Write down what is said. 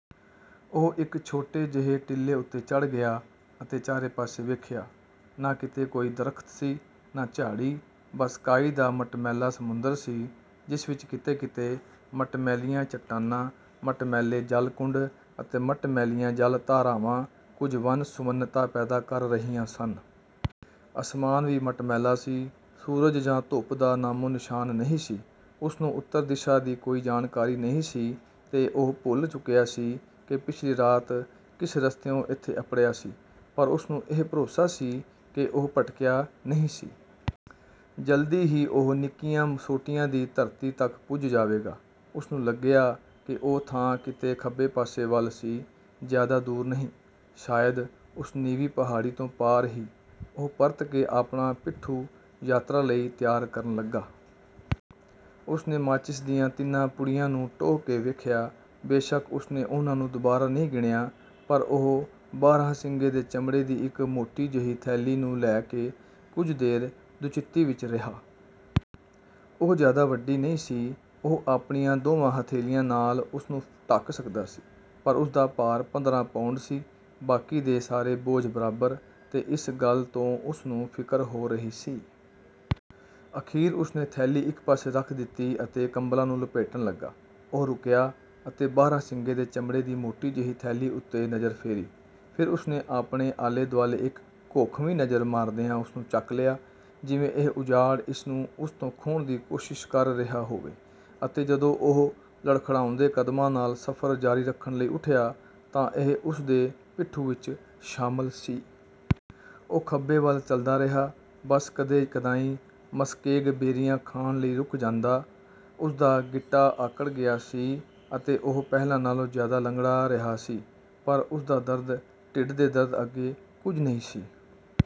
ਉਹ ਇੱਕ ਛੋਟੇ ਜਿਹੇ ਟਿੱਲੇ ਉੱਤੇ ਚੜ੍ਹ ਗਿਆ ਅਤੇ ਚਾਰੇ ਪਾਸੇ ਵੇਖਿਆ। ਨਾ ਕਿਤੇ ਕੋਈ ਦਰੱਖ਼ਤ ਸੀ, ਨਾ ਝਾੜੀ, ਬਸ ਕਾਈ ਦਾ ਮਟਮੈਲ਼ਾ ਸਮੁੰਦਰ ਸੀ ਜਿਸ ਵਿੱਚ ਕਿਤੇ-ਕਿਤੇ ਮਟਮੈਲ਼ੀਆਂ ਚੱਟਾਨਾਂ, ਮਟਮੈਲ਼ੇ ਜਲਕੁੰਡ ਅਤੇ ਮਟਮੈਲ਼ੀਆਂ ਜਲ-ਧਾਰਾਵਾਂ ਕੁੱਝ ਵੰਨ-ਸੁਵੰਨਤਾ ਪੈਦਾ ਕਰ ਰਹੀਆਂ ਸਨ। ਅਸਮਾਨ ਵੀ ਮਟਮੈਲ਼ਾ ਸੀ। ਸੂਰਜ ਜਾਂ ਧੁੱਪ ਦਾ ਨਾਮੋ-ਨਿਸ਼ਾਨ ਨਹੀਂ ਸੀ। ਉਸਨੂੰ ਉੱਤਰ ਦਿਸ਼ਾ ਦੀ ਕੋਈ ਜਾਣਕਾਰੀ ਨਹੀਂ ਸੀ ਤੇ ਉਹ ਭੁੱਲ ਚੁੱਕਿਆ ਸੀ ਕਿ ਪਿਛਲੀ ਰਾਤ ਕਿਸ ਰਸਤਿਓਂ ਇੱਥੇ ਅੱਪੜਿਆ ਸੀ। ਪਰ ਉਸਨੂੰ ਇਹ ਭਰੋਸਾ ਸੀ ਕਿ ਉਹ ਭਟਕਿਆ ਨਹੀਂ ਸੀ। ਜਲਦੀ ਹੀ ਉਹ ਨਿੱਕੀਆਂ ਸੋਟੀਆਂ ਦੀ ਧਰਤੀ ਤੱਕ ਪੁੱਜ ਜਾਵੇਗਾ। ਉਸਨੂੰ ਲੱਗਿਆ ਕਿ ਉਹ ਥਾਂ ਕਿਤੇ ਖੱਬੇ ਪਾਸੇ ਵੱਲ ਸੀ, ਜ਼ਿਆਦਾ ਦੂਰ ਨਹੀਂ — ਸ਼ਾਇਦ ਉਸ ਨੀਵੀਂ ਪਹਾੜੀ ਤੋਂ ਪਾਰ ਹੀ। ਉਹ ਪਰਤ ਕੇ ਆਪਣਾ ਪਿੱਠੂ ਯਾਤਰਾ ਲਈ ਤਿਆਰ ਕਰਨ ਲੱਗਾ। ਉਸਨੇ ਮਾਚਿਸ ਦੀਆਂ ਤਿੰਨਾਂ ਪੁੜੀਆਂ ਨੂੰ ਟੋਹ ਕੇ ਵੇਖਿਆ, ਬੇਸ਼ੱਕ ਉਸਨੇ ਉਹਨਾਂ ਨੂੰ ਦੁਬਾਰਾ ਨਹੀਂ ਗਿਣਿਆ। ਪਰ ਉਹ ਬਾਰ੍ਹਾਂਸਿੰਗੇ ਦੇ ਚਮੜੇ ਦੀ ਇੱਕ ਮੋਟੀ ਜਿਹੀ ਥੈਲੀ ਨੂੰ ਲੈ ਕੇ ਕੁੱਝ ਦੇਰ ਦੁਚਿੱਤੀ ਵਿੱਚ ਰਿਹਾ। ਉਹ ਜ਼ਿਆਦਾ ਵੱਡੀ ਨਹੀਂ ਸੀ। ਉਹ ਆਪਣੀਆਂ ਦੋਵਾਂ ਹਥੇਲ਼ੀਆਂ ਨਾਲ਼ ਉਸਨੂੰ ਢਕ ਸਕਦਾ ਸੀ। ਪਰ ਉਸਦਾ ਭਾਰ ਪੰਦਰਾਂ ਪੌਂਡ ਸੀ — ਬਾਕੀ ਦੇ ਸਾਰੇ ਬੋਝ ਬਰਾਬਰ — ਤੇ ਇਸ ਗੱਲ ਤੋਂ ਉਸਨੂੰ ਫਿਕਰ ਹੋ ਰਹੀ ਸੀ। ਅਖ਼ੀਰ ਉਸਨੇ ਥੈਲੀ ਇੱਕ ਪਾਸੇ ਰੱਖ ਦਿੱਤੀ ਅਤੇ ਕੰਬਲ਼ਾਂ ਨੂੰ ਲਪੇਟਣ ਲੱਗਾ। ਉਹ ਰੁਕਿਆ ਅਤੇ ਬਾਰ੍ਹਾਂਸਿੰਗੇ ਦੇ ਚਮੜੇ ਦੀ ਮੋਟੀ ਜਿਹੀ ਥੈਲੀ ਉੱਤੇ ਨਜ਼ਰ ਫੇਰੀ। ਫਿਰ ਉਸਨੇ ਆਪਣੇ ਆਲ਼ੇ-ਦੁਆਲ਼ੇ ਇੱਕ ਘੋਖਵੀਂ ਨਜ਼ਰ ਮਾਰਦਿਆਂ ਉਸਨੂੰ ਚੱਕ ਲਿਆ, ਜਿਵੇਂ ਇਹ ਉਜਾੜ ਇਸ ਨੂੰ ਉਸ ਤੋਂ ਖੋਹਣ ਦੀ ਕੋਸ਼ਿਸ਼ ਕਰ ਰਿਹਾ ਹੋਵੇ ਅਤੇ ਜਦੋਂ ਉਹ ਲੜਖੜਾਉਂਦੇ ਕਦਮਾਂ ਨਾਲ਼ ਸਫ਼ਰ ਜਾਰੀ ਰੱਖਣ ਲਈ ਉੱਠਿਆ, ਤਾਂ ਇਹ ਉਸਦੇ ਪਿੱਠੂ ਵਿੱਚ ਸ਼ਾਮਲ ਸੀ। ਉਹ ਖੱਬੇ ਵੱਲ ਚੱਲਦਾ ਰਿਹਾ, ਬਸ ਕਦੇ-ਕਦਾਈਂ ਮਸਕੇਗ ਬੇਰੀਆਂ ਖਾਣ ਲਈ ਰੁਕ ਜਾਂਦਾ। ਉਸਦਾ ਗਿੱਟਾ ਆਕੜ ਗਿਆ ਸੀ ਅਤੇ ਉਹ ਪਹਿਲਾਂ ਨਾਲ਼ੋਂ ਜ਼ਿਆਦਾ ਲੰਗੜਾ ਰਿਹਾ ਸੀ, ਪਰ ਉਸਦਾ ਦਰਦ ਢਿੱਡ ਦੇ ਦਰਦ ਅੱਗੇ ਕੁੱਝ ਨਹੀਂ ਸੀ।